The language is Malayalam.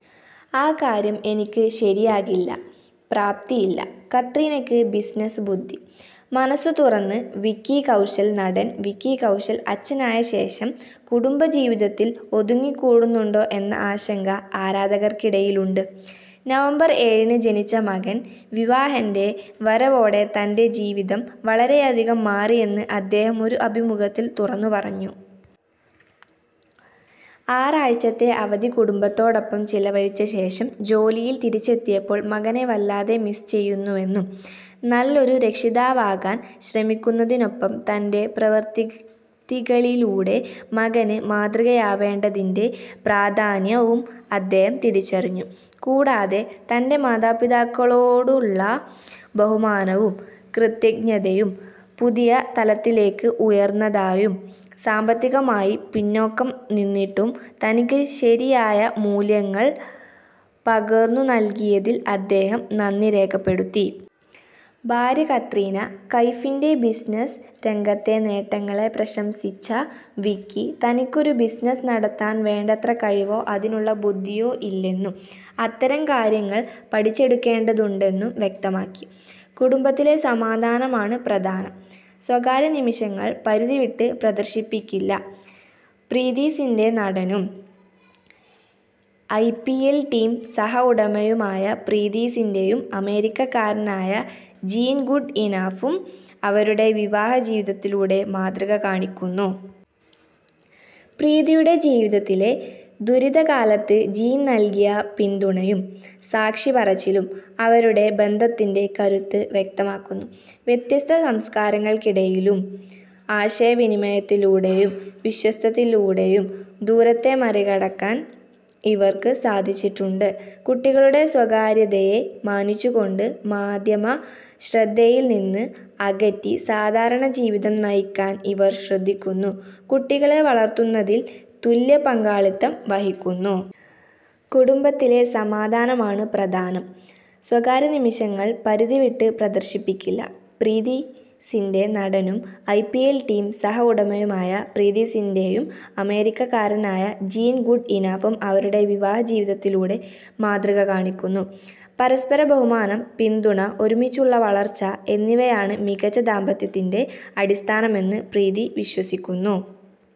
ആ കാര്യം എനിക്ക് ശരിയാകില്ല, പ്രാപ്തിയില്ല; കത്രീനയ്ക്ക് ബിസിനസ്സ് ബുദ്ധി: മനസ്സു തുറന്ന് വിക്കി കൗശൽ നടൻ വിക്കി കൗശൽ അച്ഛനായ ശേഷം കുടുംബ ജീവിതത്തിൽ ഒതുങ്ങിക്കൂടുന്നുണ്ടോ എന്ന ആശങ്ക ആരാധകർക്കിടയിലുണ്ട്, നവംബർ ഏഴിന് ജനിച്ച മകൻ വിഹാൻ്റെ വരവോടെ തൻ്റെ ജീവിതം വളരെയധികം മാറിയെന്ന് അദ്ദേഹം ഒരു അഭിമുഖത്തിൽ തുറന്നുപറഞ്ഞു. ആറാഴ്ചത്തെ അവധി കുടുംബത്തോടൊപ്പം ചെലവഴിച്ച ശേഷം ജോലിയിൽ തിരിച്ചെത്തിയപ്പോൾ മകനെ വല്ലാതെ മിസ്സ് ചെയ്യുന്നുവെന്നും, നല്ലൊരു രക്ഷിതാവാകാൻ ശ്രമിക്കുന്നതിനൊപ്പം തൻ്റെ പ്രവൃത്തികളിലൂടെ മകന് മാതൃകയാവേണ്ടതിൻ്റെ പ്രാധാന്യവും അദ്ദേഹം തിരിച്ചറിഞ്ഞു. കൂടാതെ, തൻ്റെ മാതാപിതാക്കളോടുള്ള ബഹുമാനവും കൃതജ്ഞതയും പുതിയ തലത്തിലേക്ക് ഉയർന്നതായും, സാമ്പത്തികമായി പിന്നോക്കം നിന്നിട്ടും തനിക്ക് ശരിയായ മൂല്യങ്ങൾ പകർന്നുനൽകിയതിൽ അദ്ദേഹം നന്ദി രേഖപ്പെടുത്തി. ഭാര്യ കത്രീന കൈഫിൻ്റെ ബിസിനസ്സ് രംഗത്തെ നേട്ടങ്ങളെ പ്രശംസിച്ച വിക്കി, തനിക്കൊരു ബിസിനസ്സ് നടത്താൻ വേണ്ടത്ര കഴിവോ അതിനുള്ള ബുദ്ധിയോ ഇല്ലെന്നും, അത്തരം കാര്യങ്ങൾ പഠിച്ചെടുക്കേണ്ടതുണ്ടെന്നും വ്യക്തമാക്കി. കുടുംബത്തിലെ സമാധാനമാണ് പ്രധാനം; സ്വകാര്യനിമിഷങ്ങൾ പരിധിവിട്ട് പ്രദർശിപ്പിക്കില്ല: പ്രീതി സിന്റ നടനും ഐപിഎൽ ടീം സഹ ഉടമയുമായ പ്രീതി സിന്റയും അമേരിക്കക്കാരനായ ജീൻ ഗുഡ്ഇനഫും അവരുടെ വിവാഹ ജീവിതത്തിലൂടെ മാതൃക കാണിക്കുന്നു. പ്രീതിയുടെ ജീവിതത്തിലെ ദുരിതകാലത്ത് ജീൻ നൽകിയ പിന്തുണയും സാക്ഷിപറച്ചിലും അവരുടെ ബന്ധത്തിന്റെ കരുത്ത് വ്യക്തമാക്കുന്നു. വ്യത്യസ്ത സംസ്കാരങ്ങൾക്കിടയിലും ആശയവിനിമയത്തിലൂടെയും വിശ്വാസത്തിലൂടെയും ദൂരത്തെ മറികടക്കാൻ ഇവർക്ക് സാധിച്ചിട്ടുണ്ട്. കുട്ടികളുടെ സ്വകാര്യതയെ മാനിച്ചുകൊണ്ട്, മാധ്യമ ശ്രദ്ധയിൽ നിന്ന് അകറ്റി സാധാരണ ജീവിതം നയിക്കാൻ ഇവർ ശ്രദ്ധിക്കുന്നു, കുട്ടികളെ വളർത്തുന്നതിൽ തുല്യ പങ്കാളിത്തം വഹിക്കുന്നു. കുടുംബത്തിലെ സമാധാനമാണ് പ്രധാനം; സ്വകാര്യനിമിഷങ്ങൾ പരിധിവിട്ട് പ്രദർശിപ്പിക്കില്ല: പ്രീതി സിന്റ നടനും ഐപിഎൽ ടീം സഹ ഉടമയുമായ പ്രീതി സിന്റയും അമേരിക്കക്കാരനായ ജീൻ ഗുഡ്ഇനഫും അവരുടെ വിവാഹ ജീവിതത്തിലൂടെ മാതൃക കാണിക്കുന്നു. പരസ്പര ബഹുമാനം, പിന്തുണ, ഒരുമിച്ചുള്ള വളർച്ച എന്നിവയാണ് മികച്ച ദാമ്പത്യത്തിന്റെ അടിസ്ഥാനമെന്ന് പ്രീതി വിശ്വസിക്കുന്നു.